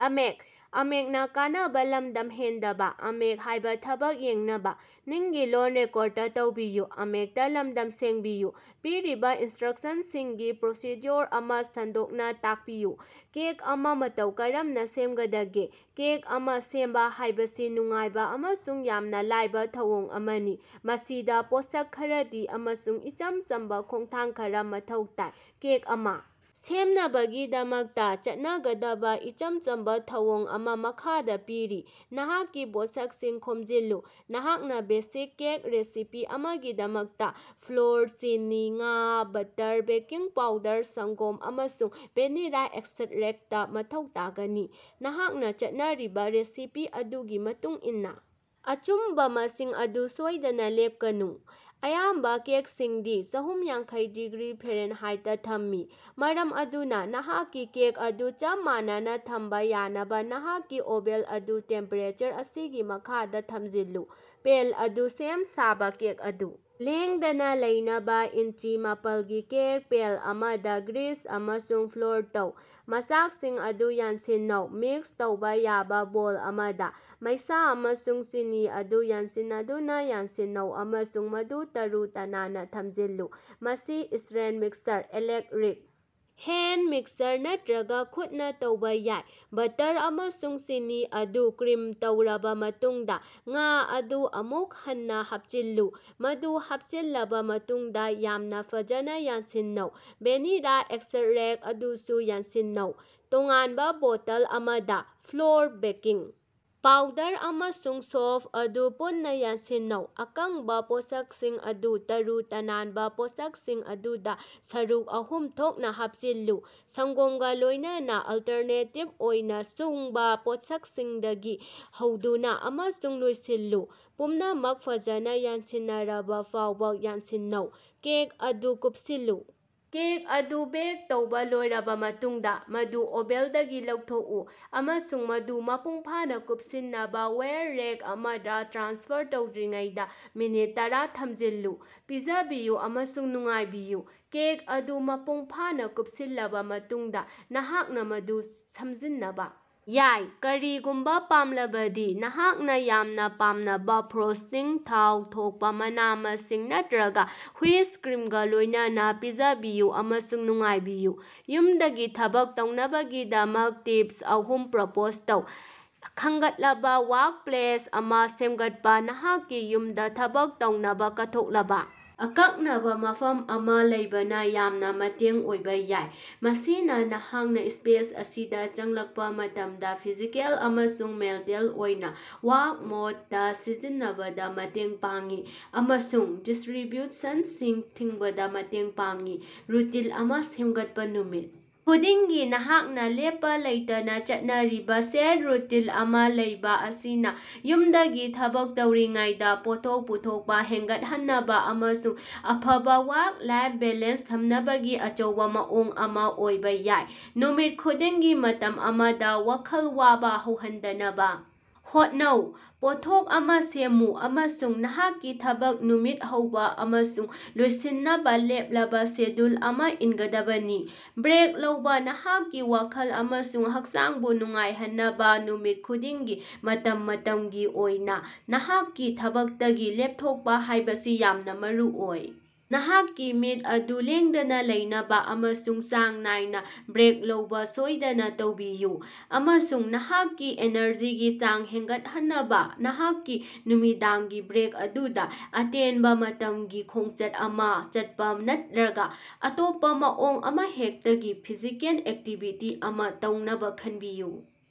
ꯄꯤꯔꯤꯕ ꯏꯅꯁ꯭ꯠꯔꯛꯁꯟꯁꯤꯡꯒꯤ ꯄ꯭ꯔꯣꯁꯤꯗ꯭ꯌꯨꯑꯣꯔ ꯑꯃꯥ ꯁꯟꯗꯣꯛꯅꯥ ꯇꯥꯛꯄꯤꯌꯨ꯫ ꯀꯦꯛ ꯑꯃꯥ ꯃꯇꯧ ꯀꯔꯝꯅ ꯁꯦꯝꯒꯗꯒꯦ꯫ ꯀꯦꯛ ꯑꯃꯥ ꯁꯦꯝꯕ ꯍꯥꯏꯕꯁꯤ ꯅꯨꯡꯉꯥꯏꯕ ꯑꯃꯁꯨꯡ ꯌꯥꯝꯅ ꯂꯥꯏꯕ ꯊꯧꯑꯣꯡ ꯑꯃꯅꯤ, ꯃꯁꯤꯗ ꯄꯣꯠꯁꯛ ꯈꯔꯗꯤ ꯑꯃꯁꯨꯡ ꯏꯆꯝ ꯆꯝꯕ ꯈꯣꯡꯊꯥꯡ ꯈꯔꯥ ꯃꯊꯧ ꯇꯥꯏ꯫ ꯀꯦꯛ ꯑꯃꯥ ꯁꯦꯝꯅꯕꯒꯤꯗꯃꯛꯇꯥ ꯆꯠꯅꯒꯗꯕ ꯏꯆꯝ ꯆꯝꯕ ꯊꯧꯑꯣꯡ ꯑꯃꯥ ꯃꯈꯥꯗꯥ ꯄꯤꯔꯤ ꯅꯍꯥꯛꯀꯤ ꯄꯣꯠꯁꯛꯁꯤꯡ ꯈꯣꯝꯖꯤꯜꯂꯨ ꯅꯍꯥꯛꯅꯥ ꯕꯦꯁꯤꯛ ꯀꯦꯛ ꯔꯦꯁꯤꯄꯤ ꯑꯃꯒꯤꯗꯃꯛꯇꯥ ꯐ꯭ꯂꯣꯔ, ꯆꯤꯅꯤ, ꯉꯥ, ꯕꯠꯇꯔ, ꯕꯦꯀꯤꯡ ꯄꯥꯎꯗꯔ, ꯁꯪ꯭ꯒꯣꯝ, ꯑꯃꯁꯨꯡ ꯚꯦꯅꯤꯂꯥ ꯑꯦꯛꯁꯠꯔꯦꯛꯇ ꯃꯊꯧ ꯇꯥꯒꯅꯤ꯫ ꯅꯍꯥꯛꯅ ꯆꯠꯅꯔꯤꯕ ꯔꯦꯁꯤꯄꯤ ꯑꯗꯨꯒꯤ ꯃꯇꯨꯡꯏꯟꯅꯥ ꯑꯆꯨꯝꯕ ꯃꯁꯤꯡ ꯑꯗꯨ ꯁꯣꯏꯗꯅꯥ ꯂꯦꯞꯀꯅꯨ꯫ ꯑꯌꯥꯝꯕ ꯀꯦꯛꯁꯤꯡꯗꯤ ꯆꯥꯍꯨꯝꯌꯥꯡꯈꯩ ꯗꯤꯒ꯭ꯔꯤ ꯐꯥꯔꯦꯅꯍꯥꯏꯠꯇꯥ ꯊꯝꯏ, ꯃꯔꯝ ꯑꯗꯨꯅꯥ ꯅꯍꯥꯛꯀꯤ ꯀꯦꯛ ꯑꯗꯨ ꯆꯞ ꯃꯥꯟꯅꯅꯥ ꯊꯝꯕ ꯌꯥꯅꯕ ꯅꯍꯥꯛꯀꯤ ꯑꯣꯕꯦꯟ ꯑꯗꯨ ꯇꯦꯝꯄꯦꯔꯦꯆꯔ ꯑꯁꯤꯒꯤ ꯃꯈꯥꯗ ꯊꯝꯖꯤꯜꯂꯨ꯫ ꯄꯦꯟ ꯑꯗꯨ ꯁꯦꯝ ꯁꯥꯕꯥ ꯀꯦꯛ ꯑꯗꯨ ꯂꯦꯡꯗꯅꯥ ꯂꯩꯅꯕꯥ ꯏꯟꯆꯤ ꯃꯄꯥꯜꯒꯤ ꯀꯦꯛ ꯄꯦꯟ ꯑꯃꯗꯥ ꯒ꯭ꯔꯤꯁ ꯑꯃꯁꯨꯡ ꯐ꯭ꯂꯣꯔ ꯇꯧ꯫ ꯃꯆꯥꯛꯁꯤꯡ ꯑꯗꯨ ꯌꯥꯟꯁꯤꯟꯅꯧ ꯃꯤꯛꯁ ꯇꯧꯕ ꯌꯥꯕ ꯕꯣꯜ ꯑꯃꯗꯥ, ꯃꯩꯁꯥ ꯑꯃꯁꯨꯡ ꯆꯤꯅꯤ ꯑꯗꯨ ꯌꯥꯟꯁꯤꯟꯅꯗꯨꯅꯥ ꯌꯥꯟꯁꯤꯟꯅꯧ ꯑꯃꯁꯨꯡ ꯃꯗꯨ ꯇꯔꯨ-ꯇꯅꯥꯟꯅꯥ ꯊꯝꯖꯤꯜꯂꯨ꯫ ꯃꯁꯤ stand mixer, electric hand mixer ꯅꯠꯇ꯭ꯔꯒꯥ ꯈꯨꯠꯅꯥ ꯇꯧꯕ ꯌꯥꯏ꯫ ꯕꯠꯇꯔ ꯑꯃꯁꯨꯡ ꯆꯤꯅꯤ ꯑꯗꯨ ꯀ꯭ꯔꯤꯝ ꯇꯧꯔꯕ ꯃꯇꯨꯡꯗꯥ, ꯉꯥ ꯑꯗꯨ ꯑꯃꯨꯛ ꯍꯟꯅꯥ ꯍꯥꯞꯆꯤꯜꯂꯨ, ꯃꯗꯨ ꯍꯥꯞꯆꯤꯜꯂꯕꯥ ꯃꯇꯨꯡꯗꯥ ꯌꯥꯝꯅ ꯐꯖꯅ ꯌꯥꯟꯁꯤꯟꯅꯧ꯫ ꯚꯦꯅꯤꯂꯥ ꯑꯦꯛꯁꯠꯔꯦꯛꯇ ꯑꯗꯨꯁꯨ ꯌꯥꯟꯁꯤꯟꯅꯧ꯫ ꯇꯣꯉꯥꯟꯕ ꯕꯣꯇꯜ ꯑꯃꯗꯥ, ꯐ꯭ꯂꯣꯔ, ꯕꯦꯀꯤꯡ ꯄꯥꯎꯗꯔ ꯑꯃꯁꯨꯡ ꯁꯣꯜꯇ ꯑꯗꯨ ꯄꯨꯟꯅꯥ ꯌꯥꯟꯁꯤꯟꯅꯧ꯫ ꯑꯀꯪꯕꯥ ꯄꯣꯠꯁꯛꯁꯤꯡ ꯑꯗꯨ ꯇꯔꯨ-ꯇꯥꯅꯕꯥ ꯄꯣꯠꯁꯛꯁꯤꯡ ꯑꯗꯨꯗꯥ ꯁꯔꯨꯛ ꯑꯍꯨꯝ ꯊꯣꯛꯅꯥ ꯍꯥꯞꯆꯤꯜꯂꯨ, ꯁꯪ꯭ꯒꯣꯝꯒ ꯂꯣꯏꯅꯅꯥ ꯑꯂꯇꯔꯅꯦꯇꯤꯚ ꯑꯣꯏꯅ ꯁꯨꯡꯕꯥ ꯄꯣꯠꯁꯛꯁꯤꯡꯗꯒꯤ ꯍꯧꯗꯨꯅꯥ ꯑꯃꯁꯨꯡ ꯂꯣꯏꯁꯤꯜꯂꯨ꯫ ꯄꯨꯝꯅꯃꯛ ꯐꯖꯅꯥ ꯌꯥꯟꯁꯤꯟꯅꯔꯕ ꯐꯥꯎꯕ ꯌꯥꯟꯁꯤꯟꯅꯧ꯫ ꯀꯦꯛ ꯑꯗꯨ ꯀꯨꯞꯁꯤꯜꯂꯨ ꯀꯦꯛ ꯑꯗꯨ ꯕꯦꯛ ꯇꯧꯕ ꯂꯣꯏꯔꯕ ꯃꯇꯨꯡꯗꯥ, ꯃꯗꯨ ꯑꯣꯕꯦꯟꯗꯒꯤ ꯂꯧꯊꯣꯛꯎ, ꯑꯃꯁꯨꯡ ꯃꯗꯨ ꯃꯄꯨꯡꯐꯥꯅꯥ ꯀꯨꯞꯁꯤꯟꯅꯕ ꯋꯥꯏꯔ ꯔꯦꯛ ꯑꯃꯗꯥ ꯇ꯭ꯔꯥꯟꯁꯐꯔ ꯇꯧꯗ꯭ꯔꯤꯉꯩꯗꯥ ꯃꯤꯅꯠ ꯇꯔꯥ ꯊꯝꯖꯤꯜꯂꯨ꯫ ꯄꯤꯖꯕꯤꯌꯨ ꯑꯃꯁꯨꯡ ꯅꯨꯡꯉꯥꯏꯕꯤꯌꯨ ꯀꯦꯛ ꯑꯗꯨ ꯃꯄꯨꯡ ꯐꯥꯅꯥ ꯀꯨꯞꯁꯤꯜꯂꯕꯥ ꯃꯇꯨꯡꯗꯥ, ꯅꯍꯥꯛꯅꯥ ꯃꯗꯨ ꯁꯝꯖꯤꯟꯅꯕ ꯌꯥꯏ, ꯀꯔꯤꯒꯨꯝꯕ ꯄꯥꯝꯂꯕꯗꯤ꯫ ꯅꯍꯥꯛꯅ ꯌꯥꯝꯅ ꯄꯥꯝꯅꯕ ꯐ꯭ꯔꯣꯁ꯭ꯇꯤꯡ, ꯊꯥꯎ ꯊꯣꯛꯄꯥ ꯃꯅꯥ-ꯃꯁꯤꯡ ꯅꯠꯇ꯭ꯔꯒꯥ ꯍꯨꯏꯞ ꯀ꯭ꯔꯤꯝꯒꯥ ꯂꯣꯏꯅꯅꯥ ꯄꯤꯖꯕꯤꯌꯨ ꯑꯃꯁꯨꯡ ꯅꯨꯡꯉꯥꯏꯕꯤꯌꯨ꯫ ꯌꯨꯝꯗꯒꯤ ꯊꯕꯛ ꯇꯧꯅꯕꯒꯤꯗꯃꯛ ꯇꯤꯄꯁ ꯑꯍꯨꯝ ꯄ꯭ꯔꯄꯣꯖ ꯇꯧ꯫ ꯈꯪꯒꯠꯂꯕ ꯋꯥꯔꯀꯁ꯭ꯄꯦꯁ ꯑꯃꯥ ꯁꯦꯝꯒꯠꯄꯥ ꯅꯍꯥꯛꯀꯤ ꯌꯨꯝꯗꯥ ꯊꯕꯛ ꯇꯧꯅꯕꯥ ꯀꯠꯊꯣꯛꯂꯕꯥ ꯑꯀꯛꯅꯕꯥ ꯃꯐꯝ ꯑꯃꯥ ꯂꯩꯕꯅ ꯌꯥꯝꯅ ꯃꯇꯦꯡ ꯑꯣꯏꯕ ꯌꯥꯏ꯫ ꯃꯁꯤꯅ ꯅꯍꯥꯛꯅ ꯁ꯭ꯄꯦꯁ ꯑꯁꯤꯗ ꯆꯪꯂꯛꯄꯥ ꯃꯇꯝꯗꯥ ꯐꯤꯖꯤꯀꯦꯜ ꯑꯃꯁꯨꯡ ꯃꯦꯟꯇꯦꯜ ꯑꯣꯏꯅ "ꯋꯥꯔꯛ ꯃꯣꯗ" ꯗꯥ ꯁꯤꯖꯤꯟꯅꯕꯗꯥ ꯃꯇꯦꯡ ꯄꯥꯡꯏ, ꯑꯃꯁꯨꯡ ꯗꯤꯁ꯭ꯠꯔꯤꯕ꯭ꯌꯨꯁꯟꯁꯤꯡ ꯊꯤꯡꯕꯗꯥ ꯃꯇꯦꯡ ꯄꯥꯡꯏ꯫ ꯔꯨꯇꯤꯟ ꯑꯃꯥ ꯁꯦꯝꯒꯠꯄꯥ ꯅꯨꯃꯤꯠ ꯈꯨꯗꯤꯡꯒꯤ ꯅꯍꯥꯛꯅꯥ ꯂꯦꯞꯄꯥ ꯂꯩꯇꯅꯥ ꯆꯠꯅꯔꯤꯕꯥ ꯁꯦꯠ ꯔꯨꯇꯤꯟ ꯑꯃꯥ ꯂꯩꯕ ꯑꯁꯤꯅ ꯌꯨꯝꯗꯒꯤ ꯊꯕꯛ ꯇꯧꯔꯤꯉꯩꯗꯥ ꯄꯣꯠꯊꯣꯛ ꯄꯨꯊꯣꯛꯄꯥ ꯍꯦꯟꯒꯠꯍꯟꯅꯕ ꯑꯃꯁꯨꯡ ꯑꯐꯕꯥ ꯋꯥꯔꯛ-ꯂꯥꯏꯐ ꯕꯦꯂꯦꯟꯁ ꯊꯝꯅꯕꯒꯤ ꯑꯆꯧꯕꯥ ꯃꯑꯣꯡ ꯑꯃꯥ ꯑꯣꯏꯕ ꯌꯥꯏ꯫ ꯅꯨꯃꯤꯠ ꯈꯨꯗꯤꯡꯒꯤ ꯃꯇꯝ ꯑꯃꯗꯥ ꯋꯥꯈꯜ ꯋꯥꯕ ꯍꯧꯍꯟꯗꯅꯕ ꯍꯣꯠꯅꯧ, ꯄꯣꯠꯁꯛ ꯑꯃꯥ ꯁꯦꯝꯃꯨ ꯑꯃꯁꯨꯡ ꯅꯍꯥꯛꯀꯤ ꯊꯕꯛ ꯅꯨꯃꯤꯠ ꯍꯧꯕ ꯑꯃꯁꯨꯡ ꯂꯣꯏꯁꯤꯟꯅꯕꯥ ꯂꯦꯞꯂꯕ ꯁꯦꯗ꯭ꯌꯨꯜ ꯑꯃꯥ ꯏꯟꯒꯗꯕꯅꯤ꯫ ꯕ꯭ꯔꯦꯛ ꯂꯧꯕꯥ ꯅꯍꯥꯛꯀꯤ ꯋꯥꯈꯜ ꯑꯃꯁꯨꯡ ꯍꯛꯆꯥꯡꯕꯨ ꯅꯨꯡꯉꯥꯏꯍꯟꯅꯕ ꯅꯨꯃꯤꯠ ꯈꯨꯗꯤꯡꯒꯤ ꯃꯇꯝ ꯃꯇꯝꯒꯤ ꯑꯣꯏꯅ ꯅꯍꯥꯛꯀꯤ ꯊꯕꯛꯇꯒꯤ ꯂꯦꯞꯊꯣꯛꯄꯥ ꯍꯥꯏꯕꯁꯤ ꯌꯥꯝꯅ ꯃꯔꯨꯑꯣꯏ꯫ ꯅꯍꯥꯛꯀꯤ ꯃꯤꯠ ꯑꯗꯨ ꯂꯦꯡꯗꯅꯥ ꯂꯩꯅꯕꯥ ꯑꯃꯁꯨꯡ ꯆꯥꯡ ꯅꯥꯏꯅꯥ ꯕ꯭ꯔꯦꯛ ꯂꯧꯕꯥ ꯁꯣꯏꯗꯅ ꯇꯧꯕꯤꯌꯨ, ꯑꯃꯁꯨꯡ ꯅꯍꯥꯛꯀꯤ ꯑꯦꯅꯔꯖꯤꯒꯤ ꯆꯥꯡ ꯍꯦꯟꯒꯠꯍꯟꯅꯕꯥ ꯅꯍꯥꯛꯀꯤ ꯅꯨꯃꯤꯗꯥꯡꯒꯤ ꯕ꯭ꯔꯦꯛ ꯑꯗꯨꯗꯥ ꯑꯇꯦꯟꯕ ꯃꯇꯝꯒꯤ ꯈꯣꯡꯆꯠ ꯑꯃꯥ ꯆꯠꯄꯥ ꯅꯠꯠꯔꯒꯥ ꯑꯇꯣꯞꯄꯥ ꯃꯑꯣꯡ ꯑꯃꯍꯦꯛꯇꯒꯤ ꯐꯤꯖꯤꯀꯦꯜ ꯑꯦꯛꯇꯤꯚꯤꯇꯤ ꯑꯃꯥ ꯇꯧꯅꯕꯥ ꯈꯟꯕꯤꯌꯨ꯫